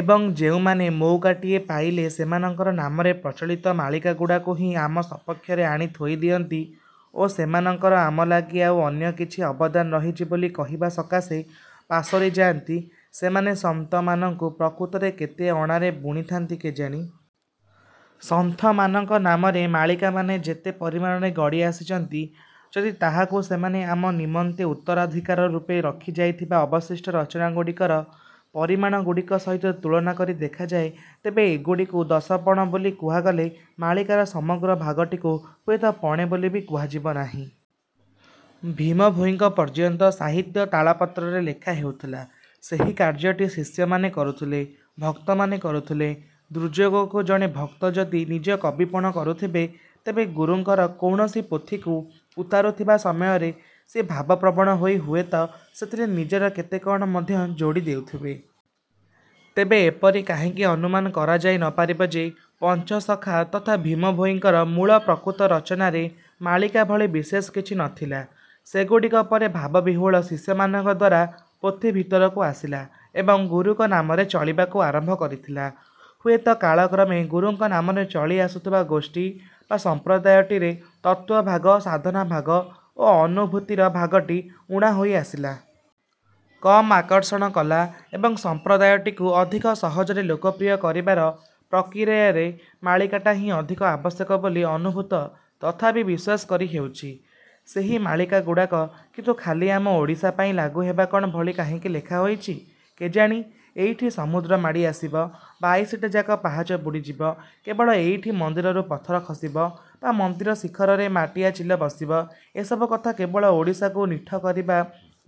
ଏବଂ ଯେଉଁମାନେ ମଉକାଟିଏ ପାଇଲେ ସେମାନଙ୍କର ନାମରେ ପ୍ରଚଳିତ ମାଳିକାଗୁଡାକୁ ହିଁ ଆମ ସପକ୍ଷରେ ଆଣି ଥୋଇ ଦିଅନ୍ତି ଓ ସେମାନଙ୍କର ଆମ ଲାଗି ଆଉ ଅନ୍ୟ କିଛି ଅବଦାନ ରହିଛି ବୋଲି କହିବା ସକାଶେ ପାସୋରି ଯାଆନ୍ତି, ସେମାନେ ସନ୍ଥମାନଙ୍କୁ ପ୍ରକୃତରେ କେତେ ଅଣାରେ ବୁଝିଥାନ୍ତି କେଜାଣି? ସନ୍ଥମାନଙ୍କ ନାମରେ ମାଳିକାମାନେ ଯେତେ ପରିମାଣରେ ଗଡ଼ି ଆସିଛନ୍ତି, ଯଦି ତାହାକୁ ସେମାନେ ଆମ ନିମନ୍ତେ ଉତ୍ତରାଧିକାର ରୂପେ ରଖି ଯାଇଥିବା ଅବଶିଷ୍ଟ ରଚନାଗୁଡ଼ିକର ପରିମାଣଗୁଡ଼ିକ ସହିତ ତୁଳନା କରି ଦେଖାଯାଏ, ତେବେ ଏଗୁଡ଼ିକୁ ଦଶପଣ ବୋଲି କୁହାଗଲେ ମାଳିକାର ସମଗ୍ର ଭାଗଟିକୁ ହୁଏତ ପଣେ ବୋଲି ବି କୁହାଯିବ ନାହିଁ। ଭୀମଭୋଇଙ୍କ ପର୍ଯ୍ୟନ୍ତ ସାହିତ୍ୟ ତାଳପତ୍ରରେ ଲେଖା ହେଉଥିଲା। ସେହି କାର୍ଯ୍ୟଟି ଶିଷ୍ୟମାନେ କରୁଥିଲେ। ଭକ୍ତମାନେ କରୁଥିଲେ। ଦୁର୍ଯୋଗକୁ ଜଣେ ଭକ୍ତ ଯଦି ନିଜେ କବିପଣ କରୁଥବେ, ତେବେ ଗୁରୁଙ୍କର କୌଣସି ପୋଥିକୁ ଉତାରୁଥିବା ସମୟରେ ସିଏ ଭାବପ୍ରବଣ ହୋଇ ହୁଏତ ସେଥିରେ ନିଜର କେତେ କ'ଣ ମଧ୍ୟ ଯୋଡ଼ି ଦେଉଥିବେ। ତେବେ ଏପରି କାହିଁକି ଅନୁମାନ କରାଯାଇ ନପାରିବ ଯେ, ପଞ୍ଚସଖା ତଥା ଭୀମଭୋଇଙ୍କର ମୂଳ ପ୍ରକୃତ ରଚନାରେ ମାଳିକା ଭଳି ବିଶେଷ କିଛି ନଥିଲା। ସେଗୁଡ଼ିକ ପରେ ଭାବବିହ୍ଵଳ ଶିଷ୍ୟମାନଙ୍କ ଦ୍ୱାରା ପୋଥି ଭିତରକୁ ଆସିଲା ଏବଂ ଗୁରୁଙ୍କ ନାମରେ ଚଳିବାକୁ ଆରମ୍ଭ କରିଥିଲା। ହୁଏତ କାଳକ୍ରମେ ଗୁରୁଙ୍କ ନାମରେ ଚଳି ଆସୁଥିବା ଗୋଷ୍ଠୀ ବା ସମ୍ପ୍ରଦାୟଟିରେ ତତ୍ତ୍ୱଭାଗ, ସାଧନାଭାଗ ଓ ଅନୁଭୂତିର ଭାଗଟି ଊଣା ହୋଇଆସିଲା। କମ୍ ଆକର୍ଷଣ କଲା ଏବଂ ସଂପ୍ରଦାୟଟିକୁ ଅଧିକ ସହଜରେ ଲୋକପ୍ରିୟ କରିବାର ପ୍ରକ୍ରିୟାରେ ମାଳିକାଟା ହିଁ ଅଧିକ ଆବଶ୍ୟକ ବୋଲି ଅନୁଭୂତ ତଥାପି ବିଶ୍ୱାସ କରିହେଉଛି। ସେହି। ମାଳିକାଗୁଡ଼ାକ କିନ୍ତୁ ଖାଲି ଆମ ଓଡ଼ିଶା ପାଇଁ ଲାଗୁ ହେବା ଭଳି କାହିଁକି ଲେଖାହୋଇଛି କେଜାଣି? ଏଇଠି ସମୁଦ୍ର ମାଡ଼ି ଆସିବ, ବାଇଶିଟାଯାକ ପାହଚ ବୁଡ଼ିଯିବ, କେବଳ ଏଇଠି ମନ୍ଦିରରୁ ପଥର ଖସିବ ବା ମନ୍ଦିରଶିଖରେ ମାଟିଆଚିଲ ବସିବ, ଏସବୁ କଥା କେବଳ ଓଡ଼ିଶାକୁ ନିଠ କରି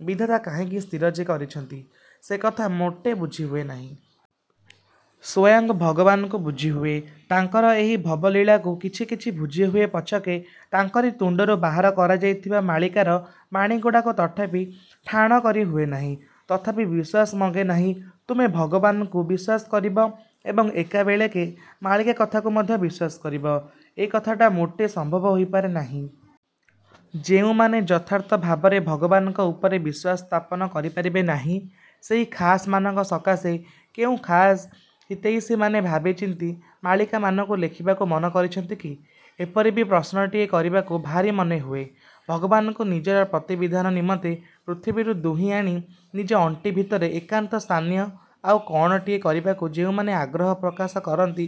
ବିଧାତା କାହିଁକି ସ୍ଥିର ଯେ କରିଛନ୍ତି, ସେକଥା ମୋଟେ ବୁଝିହୁଏ ନାହିଁ। ସ୍ୱୟଂ ଭଗବାନଙ୍କୁ ବୁଝିହୁଏ, ତାଙ୍କର ଏହି ଭବଲୀଳାକୁ କିଛି କିଛି ବୁଝି ହୁଏ ପଛକେ, ତାଙ୍କରି ତୁଣ୍ଡରୁ ବାହାର କରାଯାଇଥିବା ମାଳିକାର ବାଣୀଗୁଡ଼ାକୁ ତଥାପି ଠାଣ କରି ହୁଏନାହିଁ। ତଥାପି ବିଶ୍ୱାସ ମଙ୍ଗେ ନାହିଁ। ତୁମେ ଭଗବାନଙ୍କୁ ବିଶ୍ୱାସ କରିବ ଏବଂ ଏକାବେଳେକେ ମାଳିକା କଥାକୁ ମଧ୍ୟ ବିଶ୍ଵାସ କରିବ, ଏକଥାଟା ମୋଟେ ସମ୍ଭବ ହୋଇପାରେ ନାହିଁ। ଯେଉଁମାନେ ଯଥାର୍ଥ ଭାବରେ ଭଗବାନଙ୍କ ଉପରେ ବିଶ୍ୱାସ ସ୍ଥାପନ କରିପାରିବେ ନାହିଁ, ସେହି ଖାସ୍ ମାନଙ୍କ ସକାଶେ କେଉଁ ଖାସ୍ ହିତୈଷୀମାନେ ଭାବିଚିନ୍ତି ମାଳିକାମାନଙ୍କୁ ଲେଖିବାକୁ ମନ କରିଛନ୍ତି କି?, ଏପରି ବି ପ୍ରଶ୍ନଟିଏ କରିବାକୁ ଭାରି ମନେ ହୁଏ। ଭଗବାନଙ୍କୁ ନିଜର ପ୍ରୀତିବିଧାନ ନିମନ୍ତେ ପୃଥିବୀରୁ ଦୁହିଁ ଆଣି ନିଜ ଅଣ୍ଟି ଭିତରେ ଏକାନ୍ତ ସ୍ଥାନୀୟ ଆଉ କ'ଣଟିଏ କରିବାକୁ ଯେଉଁମାନେ ଆଗ୍ରହ ପ୍ରକାଶ କରନ୍ତି,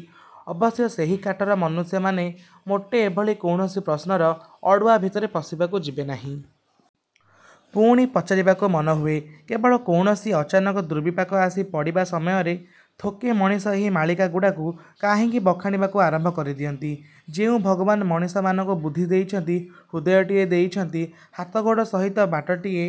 ଅବଶ୍ୟ ସେହି କାଟର ମନୁଷ୍ୟମାନେ ମୋଟେ ଏଭଳି କୌଣସି ପ୍ରଶ୍ନର ଅଡୁଆ ଭିତରେ ପଶିବାକୁ ଯିବେ ନାହିଁ। ପୁଣି ପଚାରିବାକୁ ମନ ହୁଏ, କେବଳ କୌଣସି ଅଚାନକ ଦୁର୍ବିପାକ ଆସି ପଡ଼ିବା ସମୟରେ ଥୋକେ ମଣିଷ ଏହି ମାଳିକାଗୁଡାକୁ କାହିଁକି ବଖାଣିବାକୁ ଆରମ୍ଭ କରିଦିଅନ୍ତି? ଯେଉଁ ଭଗବାନ ମଣିଷମାନଙ୍କୁ ବୁଦ୍ଧି ଦେଇଛନ୍ତି, ହୃଦୟଟିଏ ଦେଇଛନ୍ତି, ହାତଗୋଡ଼ ସହିତ ବାଟଟିଏ